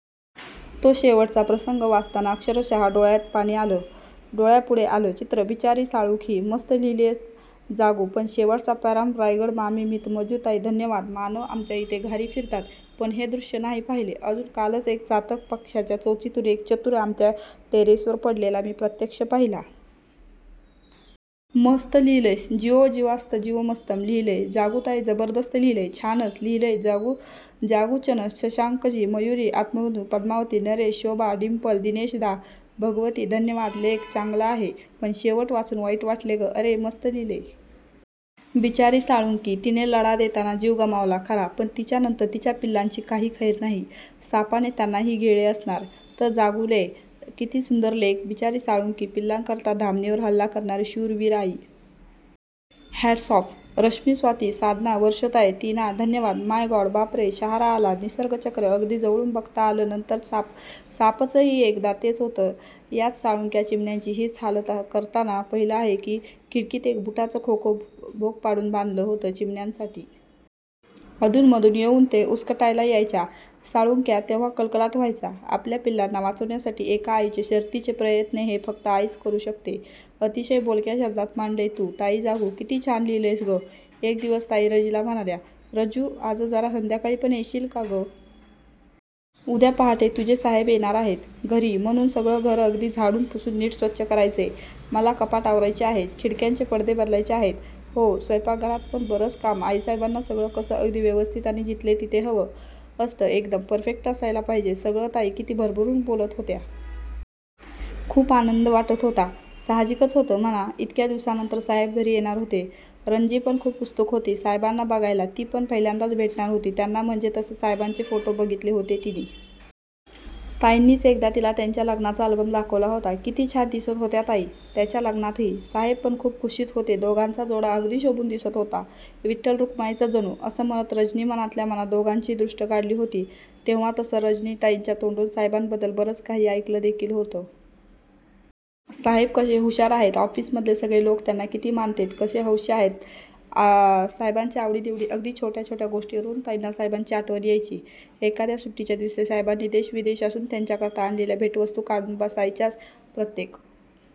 तो शेवटचा प्रसंग वाचताना अक्षरशः डोळ्यापुढे आलं चित्रं. बिचारी साळुंखी. मस्त लिहीलंय जागू पण शेवटचा पॅराहम्म्म्म्. रायगड, मामी, मित, मंजूताई धन्यवाद. मानव आमच्याइथे घारी फिरतात पण हे दृश्य नाही पाहीले अजून. कालच एक चातक पक्श्याच्या चोचीतून एक चतूर आमच्या टेरेसवर पडलेला मी प्रत्यक्ष पाहीला. मस्त लिहलयसं! जीवो जीवस्य जीवनम्मस्तचं लिहिलंय जागूताई. जबरदस्त लिहीलंय! छानच लिहीलय जागू. चनस, शशांकजी, मयुरी, आत्मधनु, पद्मावती, नरेश, शोभा, डिंपल, दिनेशदा, भगवती धन्यवाद. लेख चान्गला आहे, पण शेवट वाचुन वाईट वाटले ग.:अरेरे:मस्त लिहिलय! बिचारी साळूण्की. तिने लढा देताना जीव गमावला खरा पण तिच्यां नंतर तिच्या पिल्लांची काही खैर नहै. सांपाने त्यांनाही गिळले असणार. तःजागुले किती सुंदर लेख.. बिचारी साळुंखी.. पिल्लांकरता धामणीवर हल्ला करणारी शूर वीर आई.. हॅट्स ऑफ!! रश्मी, स्वाती, साधना, वर्षुताऊई, टीना धन्यवाद. My God. बापरे, शहारा आला. निसर्गचक्र अगदी जवळून बघता आलं. नंतर सापाचंही एकदा तेच होतं. याच साळुंक्या चिमण्यांची हीच हालत करताना पाहिलं आहे. खिडकीत एक बुटाचं खोकं भोक पाडून बांधलं होतं चिमण्यांसाठी. अधूनमधून येऊन ते उसकटायला यायच्या साळुंक्या तेव्हा कलकलाट व्हायचा. आपल्या पिल्लांना वाचविण्याची एका आईचे शर्तीचे प्रयत्नहे फक्त आईच करू शकते. अतिशय बोलक्या शब्दात मांडलय तू ताईजागू, किती छान लिहीलयस ग. एक दिवस ताई रंजीला म्हणाल्या,"रंजू, आज जरा संध्याकाळी पण येशील का गं? उद्या पहाटे तुझे साहेब येणार आहेत घरी; म्हणून सगळं घर अगदी झाडून पुसून नीट स्वच्छ करायचंय मला, कपाटं आवरायची आहेत, खिडक्यांचे पडदे बदलायचे आहेतआणि हो- स्वैपाकघरात पण बरंच काम आहेसाहेबांना सगळं कसं अगदी व्यवस्थित आणि जिथल्या तिथे हवं असतंएकदम परफेक्ट असायला पाहिजे सगळं"ताई किती भरभरून बोलत होत्या.. खूप आनंदात वाटत होत्या साहजिकच होतं म्हणा.. इतक्या दिवसांनंतर साहेब घरी येणार होते! रंजी पण खूप उत्सुक होती साहेबांना बघायला. ती पण पहिल्यांदाच भेटणार होती त्यांना म्हणजे तसे साहेबांचे फोटो बघितले होते तिनी! ताईंनीच एकदा तिला त्यांच्या लग्नाचा अल्बम दाखवला होता. किती छान दिसत होत्या ताई त्यांच्या लग्नातआणि साहेब पण खूप खुशीत होतेदोघांचा जोडा अगदी शोभून दिसत होता.. 'इठ्ठल-रखुमाई च जनु'.. असं म्हणत रंजीनी मनातल्या मनात दोघांची दृष्ट काढली होती तेव्हातसं रंजीनी ताईंच्या तोंडून साहेबांबद्दल बरंच काही ऐकलं देखील होतं. साहेब कसे हुशार आहेतऑफिस मधले सगळे लोक त्यांना किती मानतातते कसे हौशी आहेतसाहेबांच्या आवडी निवडीअगदी छोट्या छोट्या गोष्टींवरून ताईंना साहेबांची आठवण यायची! एखाद्या सुट्टीच्या दिवशी साहेबांनी देश-विदेशातून त्यांच्याकरता आणलेल्या भेटवस्तू काढून बसायच्याप्रत्येक